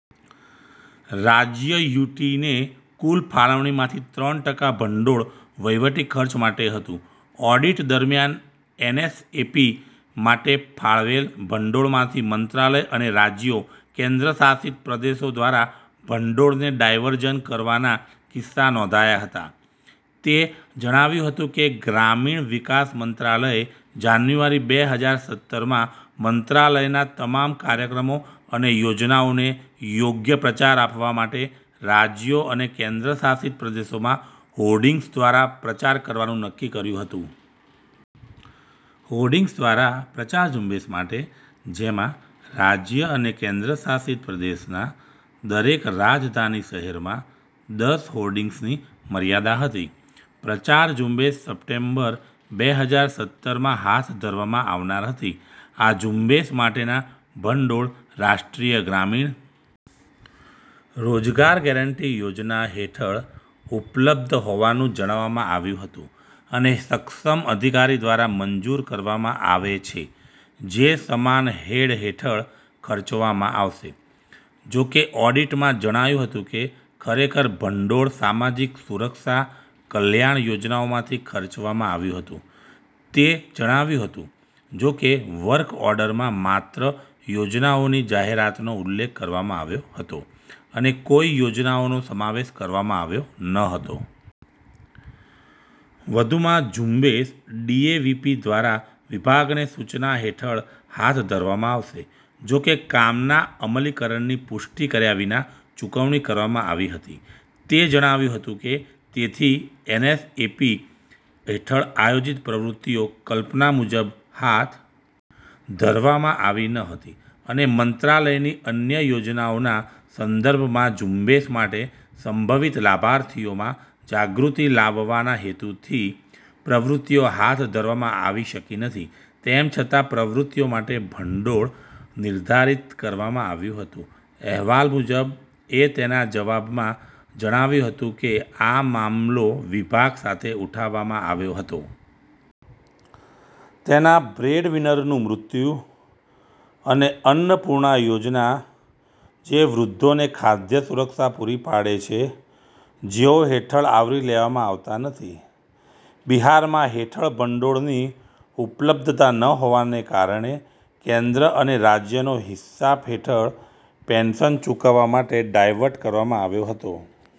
રાજ્ય/યુટીને કુલ ફાળવણીમાંથી ત્રણ ટકા ભંડોળ વહીવટી ખર્ચ માટે હતું. ઓડિટ દરમિયાન, એનએસએપી માટે ફાળવેલ ભંડોળમાંથી મંત્રાલય અને રાજ્યો/ કેન્દ્રશાસિત પ્રદેશો દ્વારા ભંડોળને ડાયવર્ઝન કરવાના કિસ્સા નોંધાયા હતા," તે જણાવ્યું હતું કે "ગ્રામીણ વિકાસ મંત્રાલયે જાન્યુઆરી બે હજાર સત્તરમાં મંત્રાલયના તમામ કાર્યક્રમો અને યોજનાઓને યોગ્ય પ્રચાર આપવા માટે રાજ્યો અને કેન્દ્રશાસિત પ્રદેશોમાં હોર્ડિંગ્સ દ્વારા પ્રચાર કરવાનું નક્કી કર્યું હતું. હોર્ડિંગ્સ દ્વારા પ્રચાર ઝુંબેશ માટે, જેમાં રાજ્ય અને કેન્દ્રશાસિત પ્રદેશના દરેક રાજધાની શહેરમાં દસ હોર્ડિંગ્સની મર્યાદા હતી. પ્રચાર ઝુંબેશ સપ્ટેમ્બર બે હજાર સત્તરમાં હાથ ધરવામાં આવનાર હતી. આ ઝુંબેશ માટેના ભંડોળ રાષ્ટ્રીય ગ્રામીણ રોજગાર ગેરંટી યોજના હેઠળ ઉપલબ્ધ હોવાનું જણાવવામાં આવ્યું હતું અને સક્ષમ અધિકારી દ્વારા મંજૂર કરવામાં આવે છે જે સમાન હેડ હેઠળ ખર્ચવામાં આવશે; જો કે, ઓડિટમાં જણાયું હતું કે ખરેખર ભંડોળ સામાજિક સુરક્ષા કલ્યાણ- યોજનાઓમાંથી ખર્ચવામાં આવ્યું હતું," તે જણાવ્યું હતું "જો કે, વર્ક ઓર્ડરમાં માત્ર યોજનાઓની જાહેરાતનો ઉલ્લેખ કરવામાં આવ્યો હતો અને કોઈ યોજનાઓનો સમાવેશ કરવામાં આવ્યો ન હતો. વધુમાં, ઝુંબેશ ડીએવીપી દ્વારા વિભાગને સૂચના હેઠળ હાથ ધરવામાં આવશે; જો કે, કામના અમલીકરણની પુષ્ટિ કર્યા વિના ચૂકવણી કરવામાં આવી હતી," તે જણાવ્યું હતું કે "તેથી, એનએસએપી હેઠળ આયોજિત પ્રવૃત્તિઓ કલ્પના મુજબ હાથ ધરવામાં આવી ન હતી અને મંત્રાલયની અન્ય યોજનાઓના સંદર્ભમાં ઝુંબેશ માટે સંભવિત લાભાર્થીઓમાં જાગૃતિ લાવવાના હેતુથી પ્રવૃત્તિઓ હાથ ધરવામાં આવી શકી નથી તેમ છતાં પ્રવૃત્તિઓ માટે ભંડોળ નિર્ધારિત કરવામાં આવ્યું હતું," અહેવાલ મુજબ, એ તેના જવાબમાં જણાવ્યું હતું કે આ મામલો વિભાગ સાથે ઉઠાવવામાં આવ્યો હતો. તેના બ્રેડવિનરનું મૃત્યુ, અને અન્નપૂર્ણા યોજના, જે વૃદ્ધોને ખાદ્ય સુરક્ષા પૂરી પાડે છે જેઓ હેઠળ આવરી લેવામાં આવતા નથી. બિહારમાં હેઠળ ભંડોળની ઉપલબ્ધતા ન હોવાને કારણે કેન્દ્ર અને રાજ્યનો હિસ્સા હેઠળ પેન્શન ચૂકવવા માટે ડાયવર્ટ કરવામાં આવ્યો હતો.